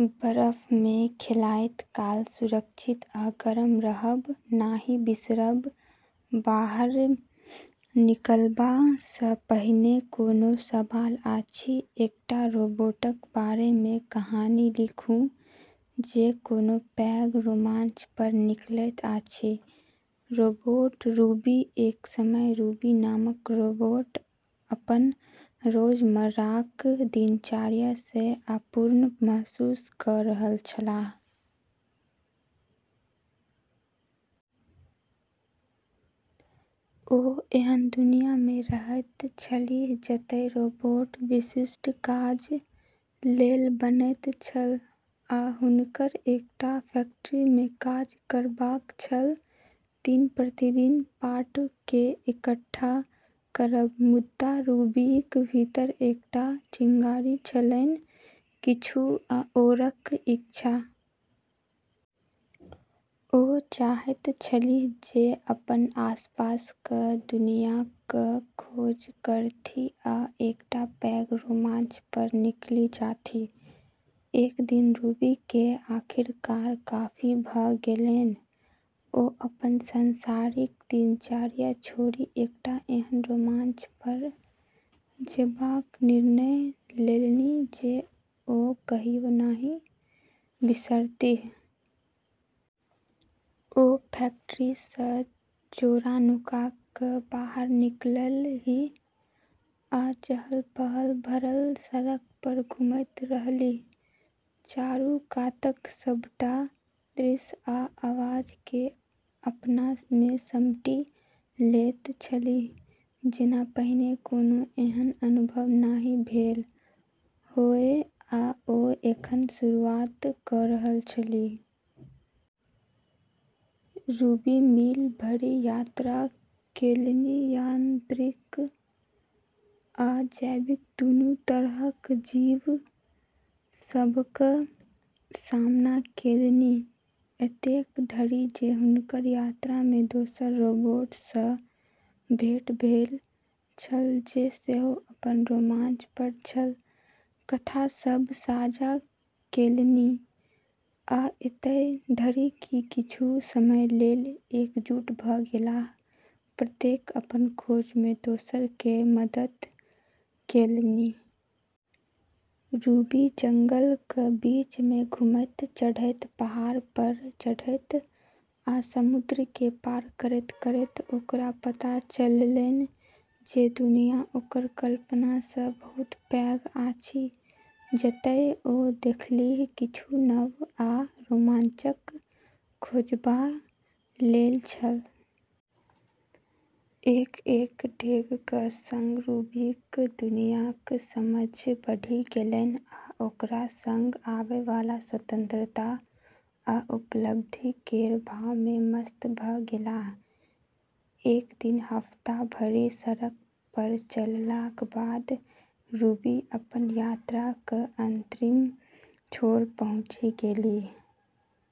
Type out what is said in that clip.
बर्फ मे खेलाइत काल सुरक्षित आ गर्म रहब नहि बिसरब। बाहर निकलबा सँ पहिने कोनो सवाल अछि? एकटा रोबोटक बारे मे कहानी लिखू जे कोनो पैघ रोमांच पर निकलैत अछि। रोबोट रूबी: एक समय रूबी नामक रोबोट अपन रोजमर्राक दिनचर्या सँ अपूर्ण महसूस कऽ रहल छलाह। ओ एहन दुनिया मे रहैत छलीह जतय रोबोट विशिष्ट काज लेल बनैत छल आ हुनकर एकटा फैक्ट्री मे काज करबाक छल, दिन-प्रतिदिन पार्ट केँ इकट्ठा करब। मुदा रूबीक भीतर एकटा चिंगारी छलैन, किछु आओरक इच्छा। ओ चाहैत छलीह जे अपन आसपासक दुनियाक खोज करथि आ एकटा पैघ रोमांच पर निकलि जाथि। एक दिन रूबी केँ आखिरकार काफी भऽ गेलैन। ओ अपन सांसारिक दिनचर्या छोड़ि एकटा एहन रोमांच पर जेबाक निर्णय लेलनि जे ओ कहियो नहि बिसरतीह। ओ फैक्ट्री सँ चोरा-नुका कऽ बाहर निकललीह आ चहल-पहल भरल सड़क पर घुमैत रहलीह, चारू कातक सभटा दृश्य आ आवाज केँ अपना मे समेटि लैत छलीह। जेना पहिने कोनो एहन अनुभव नहि भेल होअए आ ओ एखन शुरुआत कऽ रहल छलीह। रूबी मील भरि यात्रा केलनि, यांत्रिक आ जैविक दुनू तरहक जीव सभक सामना केलनि। एतेक धरि जे हुनकर यात्रा मे दोसर रोबोट सँ भेंट भेल छल, जे सेहो अपन रोमांच पर छल। कथा सभ साझा केलनि आ एतय धरि कि किछु समय लेल एकजुट भऽ गेलाह, प्रत्येक अपन खोज मे दोसर केँ मदद केलनि। रूबी जंगलक बीच मे घुमैत-चढ़ैत, पहाड़ पर चढ़ैत आ समुद्र केँ पार करैत-करैत ओकरा पता चललैन जे दुनिया ओकर कल्पना सँ बहुत पैघ अछि। जतय ओ देखलीह, किछु नव आ रोमांचक खोजबा लेल छल। एक-एक डेगक सँग रूबीक दुनियाक समझ बढ़ि गेलैन आ ओकरा सँग आवै बला स्वतंत्रता आ उपलब्धि केर भाव मे मस्त भऽ गेलाह। एक दिन हफ्ता भरि सड़क पर चललाक बाद रूबी अपन यात्राक अंतिम छोर पर पहुँचि गेलीह।